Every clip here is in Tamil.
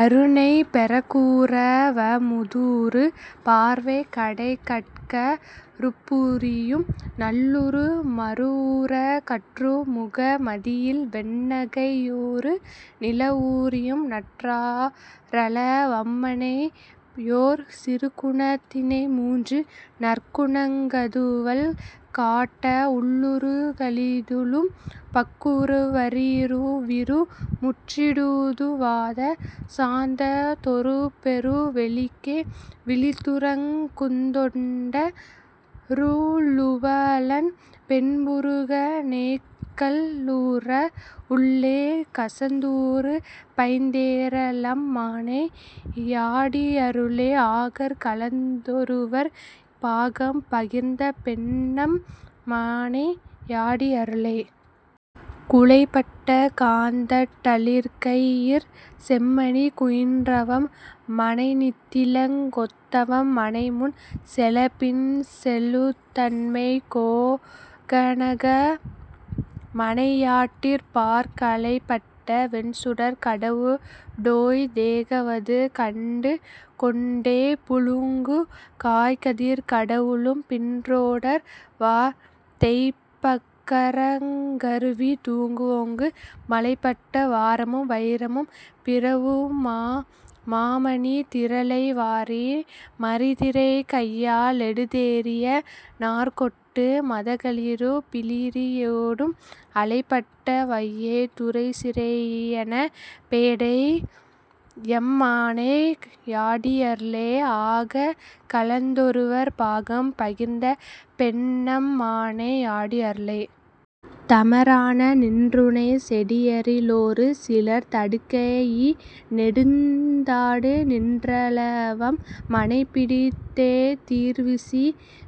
கருணைப் பெருக்கூற வமுதூறு பார்வைக் கடைக்கட் கறுப்பூறியும் நள்ளூறு மறுவூ றகற்றுமுக மதியில்வெண் ணகையூறு நிலவூறியும் நற்றாரள வம்மனையொர் சிற்குணத் தினைமூன்று நற்குணங் கதுவல் காட்ட உள்ளூறு களிதுளும் பக்குரவ ரிருவீரு முற்றிடு துவாத சாந்தத் தொருபெரு வெளிக்கே விழித்துறங் குந்தொண்ட ருழுவலன் பென்புருகநெக் கள்ளூற வுள்ளே கசிந்தூறு பைந்தேற லம்மானை யாடியருளே ஆகர் கலந்தொருவர் பாகம் பகிர்ந்தபெண் ணம்மானை யாடியருளே. குலைபட்ட காந்தட் டளிர்க்கையிற் செம்மணி குயின்றவம் மனைநித்திலங் கொத்தவம் மனைமுன் செலப்பின் செலுந்தன்மை கோகனக மனையாட்டிபாற் கலைபட்ட வெண்சுடர்க் கடவுடோ ய்ந் தேகவது கண்டுகொண் டேபுழுங்குங் காய்கதிர்க் கடவுளும் பின்றொடர்வ தேய்ப்பக் கறங்கருவி தூங்குவோங்கு மலைப்பட்ட வாரமும் வயிரமும் பிறவுமா மாமணித் திரளைவாரி மறிதிரைக் கையா லெடுத்தெறிய நாற்கோட்டு மதகளிறு பிளிறியோடும் அலைபட்ட வையைத் துறைச்சிறை யனப்பேடை யம்மானை யாடியருளே ஆகங் கலந்தொருவர் பாகம் பகிர்ந்தபெண் ணம்மானை யாடியருளே. தமரான நின்றுணைச் சேடியரி லொருசிலர் தடக்கையி நெடுத்தாடுநின் றரளவம் மனைபிடித் தெதிர்வீசி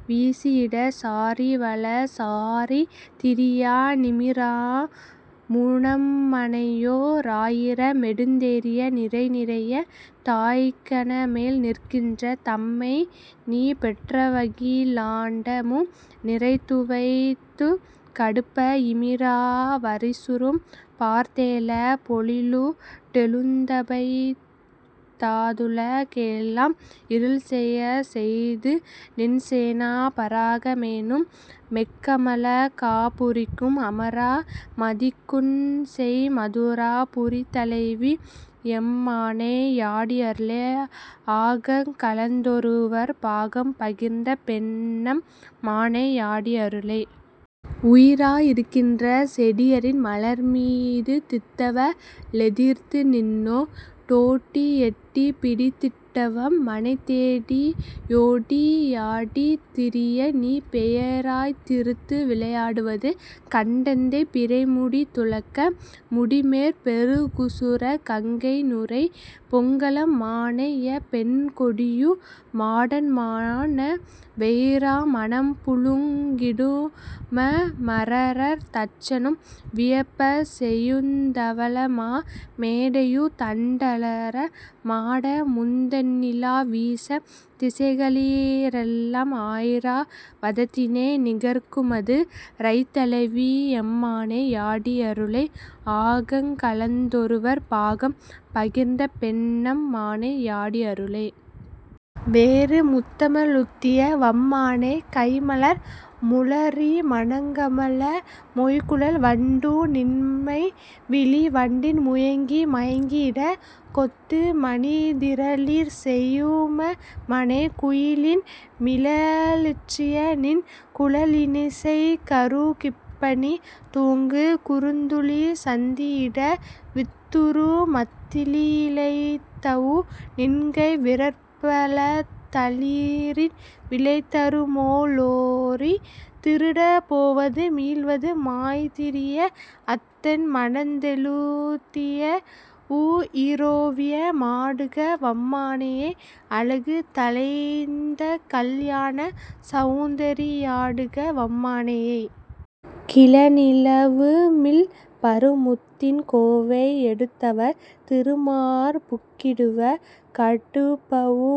வீசியிட சாரிவல சாரிதிரியா நிமிராமு னம்மனையொ ராயிர மெடுத்தெறிய நிரைநிரைய தாய்ககனமேல் நிற்கின்ற தம்மைநீ பெற்றவகி லாண்டமு நிரைத்துவைத் ததுகடுப்ப இமிரா வரிச்சுரும் பார்த்தெழப் பொழிலூ டெழுந்தபைந் தாதுல கெலாம் இருள்செயச் செய்துநின் சேனா பராகமெனு மேக்கமள காபுரிக்கும் அமரா மதிக்குஞ்செய் மதுரா புரித்தலைவி யம்மானை யாடியருளே ஆகங் கலந்தொருவர் பாகம் பகிர்ந்தபெண் ணம்மானை யாடியருளே. உயிரா யிருக்கின்ற சேடியரின் மலர்மீ துதித்தவ ளெதிர்த்துநின்னோ டொட்டியெட் டிப்பிடித் திட்டவம் மனைதேடி யோடியா டித்திரியநீ பெயரா திருந்துவிளை யாடுவது கண்டெந்தை பிறைமுடி துளக்க முடிமேற் பெருகுசுர கங்கைநுரை பொங்கலம் மானையப் பெண்கொடியு மாடன்மான வெயரா மனம்புழுங் கிடுமமரர் தச்சனும் வியப்பச் செயுந்தவளமா மேடையுந் தண்டரள மாடமுந் தெண்ணிலா வீசத் திசைக்களிறெலாம் அயிரா வதத்தினை நிகர்க்குமது ரைத்தலைவி யம்மானை யாடியருளே ஆகங் கலந்தொருவர் பாகம் பகிர்ந்தபெண் ணம்மானை யாடியருளே. வேறு முத்தம ழுத்திய வம்மனை கைம்மலர் முளரிம ணங்கமழ மொய்குழல் வண்டுநின் மைவிழி வண்டின் முயங்கி மயங்கியிடக் கொத்து மணித்திர ளிற்செயு மம்மனை குயிலின்மி ழற்றியநின் குழலினி சைக்குரு கிப்பனி தூங்கு குறுந்துளி சிந்தியிட வித்துரு மத்திலி ழைத்தவு நின்கை விரற்பவ ளத்தளிரின் விளைதரு மொள்ளொளி திருடப் போவது மீள்வது மாய்த்திரிய அத்தன் மனத்தெழு தியவுயி ரோவிய மாடுக வம்மானையே அழகு தழைந்தகல் யாணசவுந்தரி யாடுக வம்மானையே. கிளநில வுமிழ்பரு முத்தின் கோவை யெடுத்தவர் திருமார்புக் கிடுவ கடுப்பவு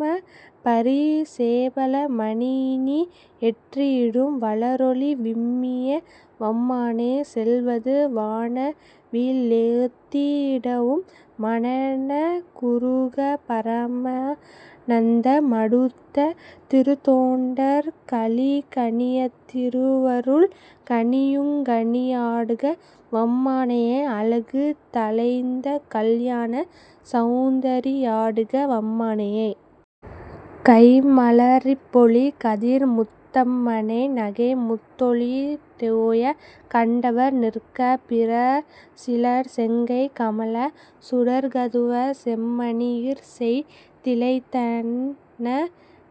மப்பரி சேபல மணியி னியற்றியிடும் வளரொளி விம்மிய வம்மனை செல்வது வானவி லொத்திடவும் மனனெக் குருகப் பரமா னந்த மடுத்த திருத்தொண்டர்க் களிகனி யத்திரு வருள்கனி யுங்கனி யாடுக வம்மானையே அழகு தழைந்தகல் யாண சவுந்தரி யாடுக வம்மானையே. கைம்மல ரிற்பொலி கதிர்முத் தம்மனை நகைமுத் தொளிதோயக் கண்டவர் நிற்கப் பிறர்சிலர் செங்கைக் கமலச் சுடர்கதுவச் செம்மணி யிற்செய் திழைத்தன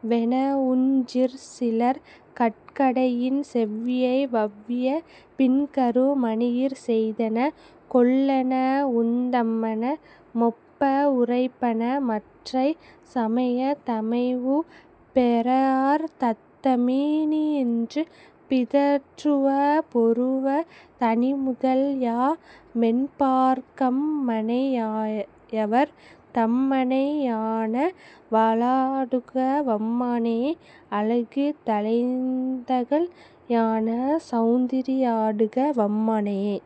வெனவுஞ் சிற்சிலர் கட்கடையின் செவ்வியை வவ்விய பின்கரு மணியிற் செய்தன கொல்லெனவுந் தம்மன மொப்ப வுரைப்பன மற்றைச் சமயத் தமைவுபெறார் தத்தமி னின்று பிதற்றுவ பொருவத் தனிமுதல் யாமென்பார்க் கம்மனை யாயவர் தம்மனை யானவ ளாடுக வம்மானையே அழகு தழைந்தகல் யாண சவுந்தரி யாடுக வம்மானையே.